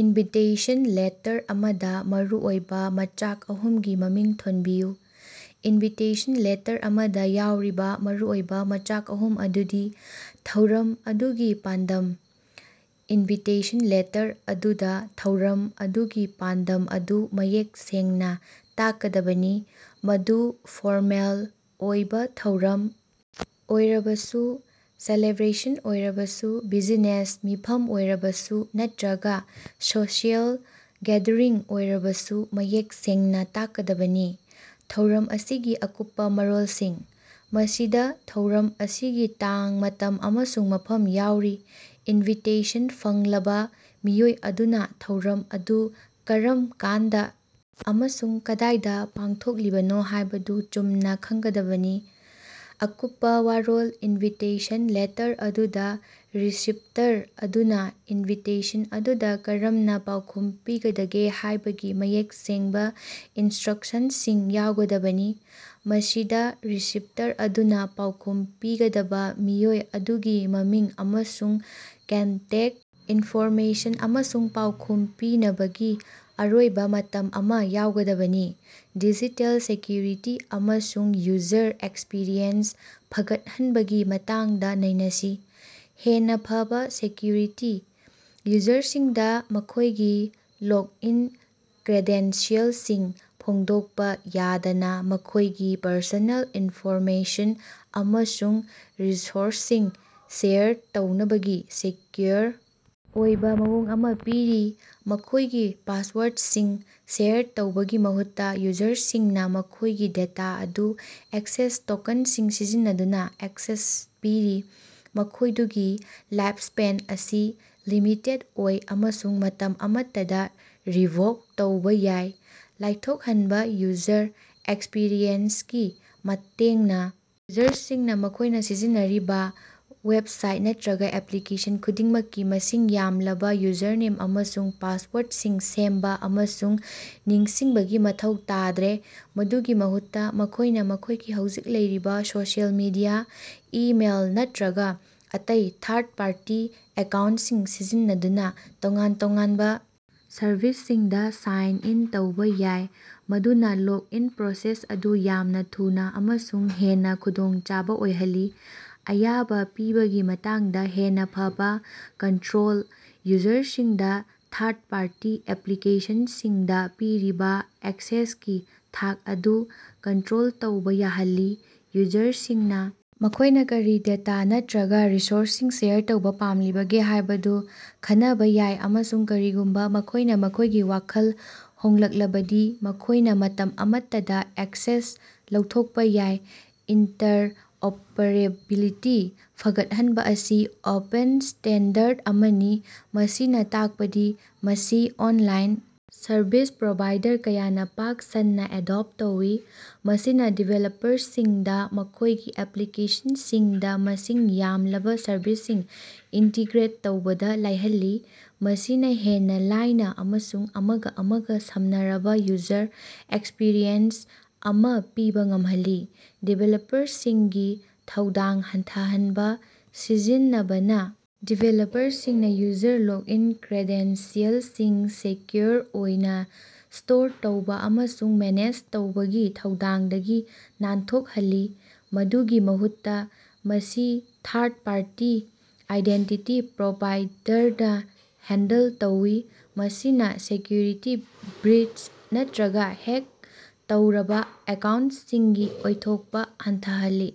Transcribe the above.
Invitation letter ꯑꯃꯗꯥ ꯃꯔꯨꯑꯣꯏꯕꯥ ꯃꯆꯥꯛ ꯑꯍꯨꯝꯒꯤ ꯃꯃꯤꯡ ꯊꯣꯟꯕꯤꯌꯨ꯫ ꯏꯟꯚꯤꯇꯦꯁꯟ ꯂꯦꯇꯔ ꯑꯃꯗꯥ ꯌꯥꯎꯔꯤꯕꯥ ꯃꯔꯨꯑꯣꯏꯕꯥ ꯃꯆꯥꯛ ꯑꯍꯨꯝ ꯑꯗꯨꯗꯤ: ꯊꯧꯔꯝ ꯑꯗꯨꯒꯤ ꯄꯥꯟꯗꯝ: ꯏꯟꯚꯤꯇꯦꯁꯟ ꯂꯦꯇꯔ ꯑꯗꯨꯗꯥ ꯊꯧꯔꯝ ꯑꯗꯨꯒꯤ ꯄꯥꯟꯗꯝ ꯑꯗꯨ ꯃꯌꯦꯛ ꯁꯦꯡꯅꯥ ꯇꯥꯛꯀꯗꯕꯅꯤ, ꯃꯗꯨ ꯐꯣꯔꯃꯦꯜ ꯑꯣꯏꯕꯥ ꯊꯧꯔꯝ ꯑꯣꯏꯔꯕꯁꯨ, ꯁꯦꯂꯦꯕ꯭ꯔꯦꯁꯟ ꯑꯣꯏꯔꯕꯁꯨ, ꯕꯤꯖꯤꯅꯦꯁ ꯃꯤꯐꯝ ꯑꯣꯏꯔꯕꯁꯨ ꯅꯠꯇ꯭ꯔꯒꯥ ꯁꯣꯁꯤꯑꯦꯜ ꯒꯦꯗꯔꯤꯡ ꯑꯣꯏꯔꯕꯁꯨ ꯃꯌꯦꯛ ꯁꯦꯡꯅꯥ ꯇꯥꯛꯀꯥꯗꯕꯅꯤ꯫ ꯊꯧꯔꯝ ꯑꯁꯤꯒꯤ ꯑꯀꯨꯞꯄꯥ ꯃꯔꯣꯜꯁꯤꯡ: ꯃꯁꯤꯗꯥ ꯊꯧꯔꯝ ꯑꯁꯤꯒꯤ ꯇꯥꯡ, ꯃꯇꯝ ꯑꯃꯁꯨꯡ ꯃꯐꯝ ꯌꯥꯎꯔꯤ꯫ ꯏꯟꯚꯤꯇꯦꯁꯟ ꯐꯪꯂꯕꯥ ꯃꯤꯑꯣꯏ ꯑꯗꯨꯅꯥ ꯊꯧꯔꯝ ꯑꯗꯨ ꯀꯔꯝ ꯀꯥꯟꯗꯥ ꯑꯃꯁꯨꯡ ꯀꯗꯥꯏꯗꯥ ꯄꯥꯡꯊꯣꯛꯂꯤꯕꯅꯣ ꯍꯥꯏꯕꯗꯨ ꯆꯨꯝꯅꯥ ꯈꯪꯒꯗꯕꯅꯤ꯫ ꯑꯀꯨꯞꯄꯥ ꯋꯔꯣꯜ ꯏꯟꯚꯤꯇꯦꯁꯟ ꯂꯦꯇꯔ ꯑꯗꯨꯗꯥ ꯔꯤꯁꯤꯞꯇꯔ ꯑꯗꯨꯅꯥ ꯏꯟꯚꯤꯇꯦꯁꯟ ꯑꯗꯨꯗꯥ ꯀꯔꯝꯅꯥ ꯄꯥꯎꯈꯨꯝ ꯄꯤꯒꯗꯒꯦ ꯍꯥꯏꯕꯒꯤ ꯃꯌꯦꯛ ꯁꯦꯡꯕꯥ ꯏꯟꯁꯇ꯭ꯔꯛꯁꯟꯁꯤꯡ ꯌꯥꯎꯒꯗꯕꯅꯤ꯫ ꯃꯁꯤꯗꯥ ꯔꯤꯁꯤꯞꯇꯔ ꯑꯗꯨꯅꯥ ꯄꯥꯎꯈꯨꯝ ꯄꯤꯒꯗꯕꯥ ꯃꯤꯑꯣꯏ ꯑꯗꯨꯒꯤ ꯃꯃꯤꯡ ꯑꯃꯁꯨꯡ ꯀꯟꯇꯦꯛ ꯏꯟꯐꯣꯔꯃꯦꯁꯟ ꯑꯃꯁꯨꯡ ꯄꯥꯎꯈꯨꯝ ꯄꯤꯅꯕꯒꯤ ꯑꯔꯣꯏꯕꯥ ꯃꯇꯝ ꯑꯃꯥ ꯌꯥꯎꯒꯗꯕꯅꯤ꯫ ꯗꯤꯖꯤꯇꯦꯜ ꯁꯦꯀ꯭ꯌꯨꯔꯤꯇꯤ ꯑꯃꯁꯨꯡ ꯌꯨꯖꯔ ꯑꯦꯛꯁꯄꯤꯔꯤꯑꯦꯟꯁ ꯐꯒꯠꯍꯟꯕꯒꯤ ꯃꯇꯥꯡꯗꯥ ꯅꯩꯅꯁꯤ꯫ ꯍꯦꯟꯅꯥ ꯐꯕꯥ ꯁꯦꯀ꯭ꯌꯨꯔꯤꯇꯤ: ꯌꯨꯖꯔꯁꯤꯡꯗꯥ ꯃꯈꯣꯏꯒꯤ ꯂꯣꯛꯏꯟ ꯀ꯭ꯔꯦꯗꯦꯟꯁꯤꯑꯦꯜꯁꯤꯡ ꯐꯣꯡꯗꯣꯛꯄꯥ ꯌꯥꯗꯅꯥ ꯃꯈꯣꯏꯒꯤ ꯄꯔꯁꯣꯅꯦꯜ ꯏꯟꯐꯣꯔꯃꯦꯁꯟ ꯑꯃꯁꯨꯡ ꯔꯤꯁꯣꯔꯁꯁꯤꯡ ꯁꯦꯌꯔ ꯇꯧꯅꯕꯒꯤ ꯁꯦꯀ꯭ꯌꯨꯑꯣꯔ ꯑꯣꯏꯕꯥ ꯃꯑꯣꯡ ꯑꯃꯥ ꯄꯤꯔꯤ꯫ ꯃꯈꯣꯏꯒꯤ ꯄꯥꯁꯋꯥꯔꯗꯁꯤꯡ ꯁꯦꯌꯔ ꯇꯧꯕꯒꯤ ꯃꯍꯨꯠꯇꯥ, ꯌꯨꯖꯔꯁꯤꯡꯅꯥ ꯃꯈꯣꯏꯒꯤ ꯗꯦꯇꯥ ꯑꯗꯨ ꯑꯦꯛꯁꯦꯁ ꯇꯣꯀꯟꯁꯤꯡ ꯁꯤꯖꯤꯟꯅꯗꯨꯅꯥ ꯑꯦꯛꯁꯦꯁ ꯄꯤꯔꯤ, ꯃꯈꯣꯏꯗꯨꯒꯤ ꯂꯥꯏꯞꯁ꯭ꯄꯦꯟ ꯑꯁꯤ ꯂꯤꯃꯤꯇꯦꯗ ꯑꯣꯏ ꯑꯃꯁꯨꯡ ꯃꯇꯝ ꯑꯃꯠꯇꯗꯥ ꯔꯤꯚꯣꯛ ꯇꯧꯕꯥ ꯌꯥꯏ꯫ ꯂꯥꯏꯊꯣꯛꯍꯟꯕꯥ ꯌꯨꯖꯔ ꯑꯦꯛꯁꯄꯤꯔꯤꯑꯦꯟꯁꯒꯤ ꯃꯇꯦꯡꯅꯥ ꯌꯨꯖꯔꯁꯤꯡꯅꯥ ꯃꯈꯣꯏꯅꯥ ꯁꯤꯖꯤꯟꯅꯔꯤꯕꯥ ꯋꯦꯞꯁꯥꯏꯠ ꯅꯠꯇ꯭ꯔꯒꯥ ꯑꯦꯄ꯭ꯂꯤꯀꯦꯁꯟ ꯈꯨꯗꯤꯡꯃꯛꯀꯤ ꯃꯁꯤꯡ ꯌꯥꯝꯂꯕꯥ ꯌꯨꯖꯔꯅꯦꯝ ꯑꯃꯁꯨꯡ ꯄꯥꯁꯋꯥꯔꯠꯁꯤꯡ ꯁꯦꯝꯕꯥ ꯑꯃꯁꯨꯡ ꯅꯤꯡꯁꯤꯡꯕꯒꯤ ꯃꯊꯧ ꯇꯥꯗ꯭ꯔꯦ꯫ ꯃꯗꯨꯒꯤ ꯃꯍꯨꯠꯇꯥ, ꯃꯈꯣꯏꯅꯥ ꯃꯈꯣꯏꯒꯤ ꯍꯧꯖꯤꯛ ꯂꯩꯔꯤꯕꯥ ꯁꯣꯁꯤꯑꯦꯜ ꯃꯤꯗꯤꯌꯥ, ꯏꯃꯦꯜ ꯅꯠꯇ꯭ꯔꯒꯥ ꯑꯇꯩ ꯊꯥꯔꯗ ꯄꯥꯔꯇꯤ ꯑꯦꯀꯥꯎꯟꯁꯤꯡ ꯁꯤꯖꯤꯟꯅꯗꯨꯅꯥ ꯇꯣꯉꯥꯟ-ꯇꯣꯉꯥꯟꯕꯥ ꯁꯔꯚꯤꯁꯁꯤꯡꯗꯥ ꯁꯥꯏꯟ ꯏꯟ ꯇꯧꯕꯥ ꯌꯥꯏ, ꯃꯗꯨꯅꯥ ꯂꯣꯛꯏꯟ ꯄ꯭ꯔꯣꯁꯦꯁ ꯑꯗꯨ ꯌꯥꯝꯅꯥ ꯊꯨꯅꯥ ꯑꯃꯁꯨꯡ ꯍꯦꯟꯅꯥ ꯈꯨꯗꯣꯡꯆꯥꯕꯥ ꯑꯣꯏꯍꯜꯂꯤ꯫ ꯑꯌꯥꯕꯥ ꯄꯤꯕꯒꯤ ꯃꯇꯥꯡꯗꯥ ꯍꯦꯟꯅꯥ ꯐꯕꯥ ꯀꯟꯇ꯭ꯔꯣꯜ: ꯌꯨꯖꯔꯁꯤꯡꯗꯥ ꯊꯥꯔꯗ ꯄꯥꯔꯇꯤ ꯑꯦꯄ꯭ꯂꯤꯀꯦꯁꯟꯁꯤꯡꯗꯥ ꯄꯤꯔꯤꯕꯥ ꯑꯦꯛꯁꯦꯁꯀꯤ ꯊꯥꯛ ꯑꯗꯨ ꯀꯟꯇ꯭ꯔꯣꯜ ꯇꯧꯕꯥ ꯌꯥꯍꯜꯂꯤ꯫ ꯌꯨꯖꯔꯁꯤꯡꯅꯥ ꯃꯈꯣꯏꯅꯥ ꯀꯔꯤ ꯗꯦꯇꯥ ꯅꯠꯇ꯭ꯔꯒꯥ ꯔꯤꯁꯣꯔꯁꯁꯤꯡ ꯁꯦꯌꯔ ꯇꯧꯕꯥ ꯄꯥꯝꯂꯤꯕꯒꯦ ꯍꯥꯏꯕꯗꯨ ꯈꯅꯕꯥ ꯌꯥꯏ ꯑꯃꯁꯨꯡ ꯀꯔꯤꯒꯨꯝꯕꯥ ꯃꯈꯣꯏꯅꯥ ꯃꯈꯣꯏꯒꯤ ꯋꯥꯈꯜ ꯍꯣꯡꯂꯛꯂꯕꯗꯤ ꯃꯈꯣꯏꯅꯥ ꯃꯇꯝ ꯑꯃꯠꯇꯗꯥ ꯑꯦꯛꯁꯦꯁ ꯂꯧꯊꯣꯛꯄꯥ ꯌꯥꯏ꯫ ꯏꯟꯇꯔꯑꯣꯄꯔꯦꯕꯤꯂꯤꯇꯤ ꯐꯒꯠꯍꯟꯕꯥ ꯑꯁꯤ ꯑꯣꯄꯟ ꯁ꯭ꯇꯦꯟꯗꯔ ꯑꯃꯅꯤ, ꯃꯁꯤꯅꯥ ꯇꯥꯛꯄꯗꯤ ꯃꯁꯤ ꯑꯣꯟꯂꯥꯏꯟ ꯁꯔꯚꯤꯁ ꯄ꯭ꯔꯣꯚꯥꯏꯗꯔ ꯀꯌꯥꯅꯥ ꯄꯥꯛ ꯁꯟꯅꯥ ꯑꯦꯗꯣꯞ ꯇꯧꯏ꯫ ꯃꯁꯤꯅꯥ ꯗꯤꯚꯦꯂꯞꯄꯔꯁꯤꯡꯗꯥ ꯃꯈꯣꯏꯒꯤ ꯑꯦꯄ꯭ꯂꯤꯀꯦꯁꯟꯁꯤꯡꯗꯥ ꯃꯁꯤꯡ ꯌꯥꯝꯂꯕꯥ ꯁꯔꯚꯤꯁꯁꯤꯡ ꯏꯟꯇꯤꯒ꯭ꯔꯦꯠ ꯇꯧꯕꯗꯥ ꯂꯥꯏꯍꯜꯂꯤ, ꯃꯁꯤꯅꯥ ꯍꯦꯟꯅꯥ ꯂꯥꯏꯅꯥ ꯑꯃꯁꯨꯡ ꯑꯃꯒꯥ ꯑꯃꯒꯥ ꯁꯝꯅꯔꯕꯥ ꯌꯨꯖꯔ ꯑꯦꯛꯁꯄꯤꯔꯤꯑꯦꯟꯁ ꯑꯃꯥ ꯄꯤꯕꯥ ꯉꯝꯍꯜꯂꯤ꯫ ꯗꯤꯚꯦꯂꯞꯄꯔꯁꯤꯡꯒꯤ ꯊꯧꯗꯥꯡ ꯍꯟꯊꯍꯟꯕꯥ ꯁꯤꯖꯤꯟꯅꯕꯅꯥ ꯗꯤꯚꯦꯂꯞꯄꯔꯁꯤꯡꯅꯥ ꯌꯨꯖꯔ ꯂꯣꯛꯏꯟ ꯀ꯭ꯔꯦꯗꯦꯟꯁꯤꯑꯦꯜꯁꯤꯡ ꯁꯦꯀ꯭ꯌꯨꯑꯣꯔ ꯑꯣꯏꯅꯥ ꯁ꯭ꯇꯣꯔ ꯇꯧꯕꯥ ꯑꯃꯁꯨꯡ ꯃꯦꯅꯦꯖ ꯇꯧꯕꯒꯤ ꯊꯧꯗꯥꯡꯗꯒꯤ ꯅꯥꯟꯊꯣꯛꯍꯜꯂꯤ꯫ ꯃꯗꯨꯒꯤ ꯃꯍꯨꯠꯇꯥ, ꯃꯁꯤ ꯊꯥꯔꯗ ꯄꯥꯔꯇꯤ ꯑꯥꯏꯗꯦꯟꯇꯤꯇꯤ ꯄ꯭ꯔꯣꯚꯥꯏꯗꯔꯅꯥ ꯍꯦꯟꯗꯜ ꯇꯧꯏ, ꯃꯁꯤꯅꯥ ꯁꯦꯀ꯭ꯌꯨꯔꯤꯇꯤ ꯕ꯭ꯔꯤꯆ ꯅꯠꯇ꯭ꯔꯒꯥ ꯍꯦꯛ ꯇꯧꯔꯕꯥ ꯑꯦꯀꯥꯎꯟꯁꯤꯡꯒꯤ ꯑꯣꯏꯊꯣꯛꯄꯥ ꯍꯟꯊꯍꯜꯂꯤ꯫